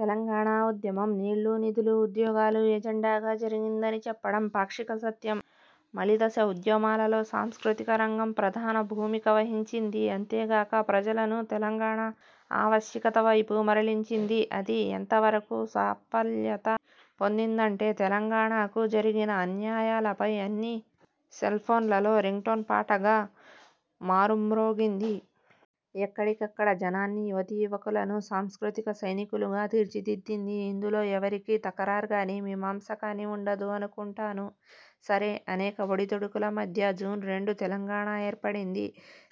తెలంగాణ ఉద్యమం 'నీళ్లు, నిధులు, ఉద్యోగాలు' ఎజెండాగా జరిగిందని చెప్పడం పాక్షిక సత్యం. మలి దశ ఉద్యమాలలో సాంస్కృతిక రంగం ప్రధాన భూమిక వహించింది. అంతేగాక ప్రజలను తెలంగాణ ఆవశ్యకత వైపు మరలించింది. అది ఎంత వరకు సాఫల్యత పొందిందంటే తెలంగాణకు జరిగిన అన్యాయాలపై అన్ని సెల్ఫోన్లలో రింగ్టోన్ పాటగా మారుమ్రోగింది. ఎక్కడికక్కడ జనాన్ని యువతీ యువకులను సాంస్కృతిక సైనికులుగా తీర్చిదిద్దింది. ఇందులో ఎవరికీ 'తకరార్' గానీ మీమాంస కానీ వుండదు అనుకుంటాను. సరే! అనేక ఒడిదొడుకుల మధ్య జూన్ రెండున తెలంగాణ ఏర్ప డింది.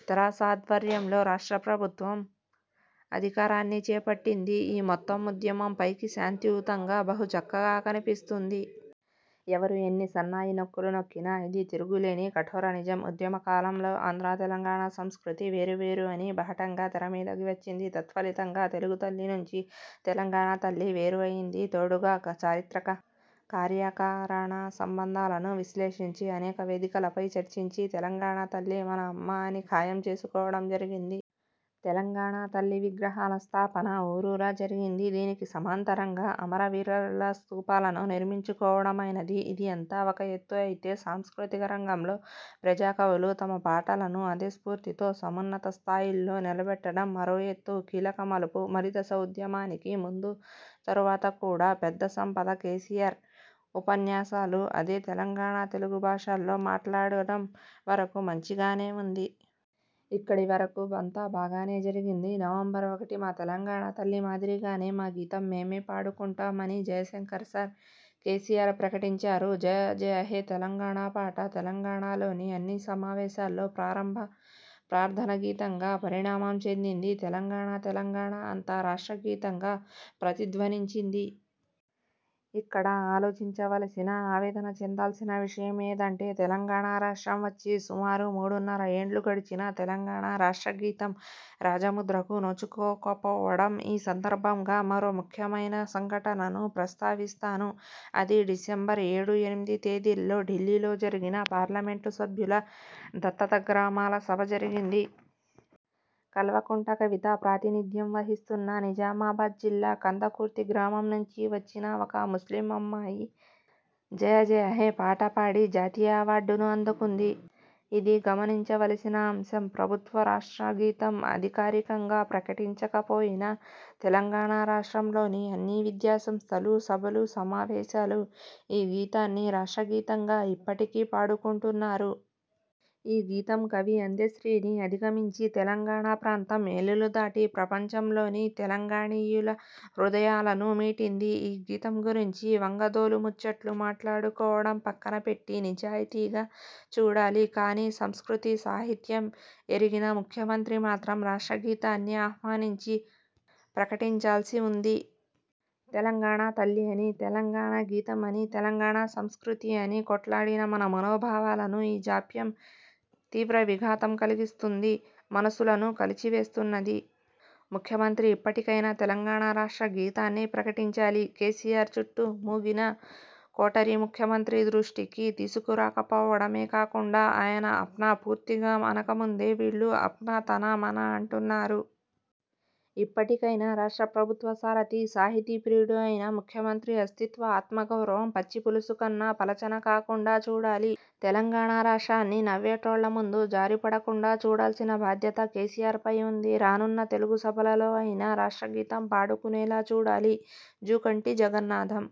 తెరాస ఆధ్వర్యంలో రాష్ట్ర ప్రభుత్వం అధికారాన్ని చేపట్టింది. ఈ మొత్తం ఉద్యమం పైకి శాంతియుతంగా బహు చక్కగా కనిపిస్తుంది. ఎవరు ఎన్ని సన్నాయి నొక్కులు నొక్కినా ఇది తిరుగులేని కఠోర నిజం. ఉద్యమ కాలంలో ఆంధ్ర -తెలంగాణ సంస్కృతి వేరువేరు అని బాహటంగా తెర మీదికి వచ్చింది. తత్ఫలితంగా తెలుగుతల్లి నుంచి తెలంగాణతల్లి వేరు అయ్యింది. తోడుగా చారిత్రక కార్యాకారణ సంబంధాలను విశ్లేషించి అనేక వేదికలపై చర్చించి తెలంగాణతల్లి మన అమ్మ అని ఖాయం చేసుకోవడం జరిగింది. తెలంగాణ తల్లి విగ్రహాల స్థాపన ఊరూరా జరిగింది. దీనికి సమాంతరంగా అమర వీరుల స్థూపాలను నిర్మించుకోవడమైనది. ఇది అంతా ఒక ఎత్తు అయితే సాంస్కృతిక రంగంలో ప్రజాకవులు తమ పాటలను అదే స్ఫూర్తితో సమున్నత స్థాయిలో నిలబెట్టడం మరో ఎత్తు. కీలక మలుపు. మలిదశ ఉద్యమానికి ముందూ తరువాత కూడా పెద్ద సంపద కేసీఆర్ ఉపన్యాసాలు; అదీ తెలంగాణ తెలుగు భాషలో మాట్లాడడం వరకు మంచి గానే వుంది. ఇక్కడి వరకు అంతా బాగానే జరిగింది. నవంబర్ ఒకటిన మా తెలంగాణ తల్లి మాదిరిగానే మా గీతం మేమే పాడుకుంటాం అని జయశంకర్ సార్, కేసీఆర్ ప్రకటించారు. 'జయ జయహే తెలంగాణ' పాట తెలంగాణలోని అన్ని సమావేశాలలో ప్రారంభ ప్రార్థన గీతంగా పరిణామం చెందింది. తెలంగాణ తెలంగాణ అంతా రాష్ట్ర గీతంగా ప్రతిధ్వనించింది. ఇక్కడ ఆలోచించవలసిన, ఆవేదన చెందాల్సిన విషయం ఏదంటే తెలంగాణ రాష్ట్రం వచ్చి సుమారు మూడున్నర ఏండ్లు గడిచినా తెలంగాణ రాష్ట్ర గీతం రాజముద్రకు నోచుకోకపోవడం. ఈ సందర్భంగా మరో ముఖ్యమైన సంఘటనను ప్రస్తావిస్తాను. అది డిసెంబర్ ఏడు ఎనిమిది తేదీల్లో ఢిల్లీలో జరిగిన పార్లమెంట్ సభ్యుల దత్తత గ్రామాల సభ జరిగింది. కల్వకుంట్ల కవిత ప్రాతినిధ్యం వహిస్తున్న నిజామాబాద్ జిల్లా కందకుర్తి గ్రామం నుంచి వచ్చిన ఒక ముస్లిం అమ్మాయి 'జయ జయహే' పాట పాడి జాతీయ అవార్డును అందుకుంది. ఇది గమనించవలసిన అంశం. ప్రభుత్వం రాష్ట్ర గీతం అధికారికంగా ప్రకటించకపోయినా తెలంగాణ రాష్ట్రంలోని అన్ని విద్యాసంస్థలు, సభలు, సమావేశాలు ఈ గీతాన్ని రాష్ట్ర గీతంగా ఇప్పటికీ పాడుకుంటున్నారు. ఈ గీతం కవి అందెశ్రీని అధిగమించి తెలంగాణ ప్రాంతం ఎల్లలు దాటి ప్రపంచంలోని తెలంగాణీయుల హృదయాలను మీటింది. ఈ గీతం గురించి 'వంగదోలు' ముచ్చట్లు మాట్లాడుకోవడం పక్కనపెట్టి నిజాయితీగా చూడాలి. కానీ సంస్కృతి సాహిత్యం ఎరిగిన ముఖ్యమంత్రి మాత్రం రాష్ట్ర గీతాన్ని ఆహ్వానించి ప్రకటించాల్సి వుంది. తెలంగాణ తల్లి అని, తెలంగాణ గీతం అని, తెలంగాణ సంస్కృతి అని కొట్లాడిన మన మనోభావాలను ఈ జాప్యం తీవ్ర విఘాతం కలిగిస్తుంది, మనసులను కలిచివేస్తున్నది. ముఖ్యమంత్రి ఇప్పటికైనా తెలంగాణ రాష్ట్ర గీతాన్ని ప్రకటించాలి. కేసీఆర్ చుట్టూ మూగిన 'కోటరీ' ముఖ్యమంత్రి దృష్టికి తీసుకురాకపోవడమే కాకుండా ఆయన 'అప్నా' పూర్తిగా అనక ముందే వీళ్లు 'అప్నా తనా మనా' అంటున్నారు. ఇప్పటికైనా రాష్ట్ర ప్రభుత్వ సారథి, సాహితీ ప్రియుడు అయిన ముఖ్యమంత్రి అస్తిత్వ ఆత్మ గౌరవం పచ్చిపులుసు కన్నా పలుచన కాకుండా చూడాలి. తెలంగాణ రాష్ట్రాన్ని 'నవ్వేటోల్ల ముందు జారిపడకుండా' చూడాల్సిన బాధ్యత కేసీఆర్పై వుంది. రానున్న తెలుగు మహాసభలలో అయినా రాష్ట్రగీతం పాడుకునేలా చూడాలి. జూకంటి జగన్నాథం।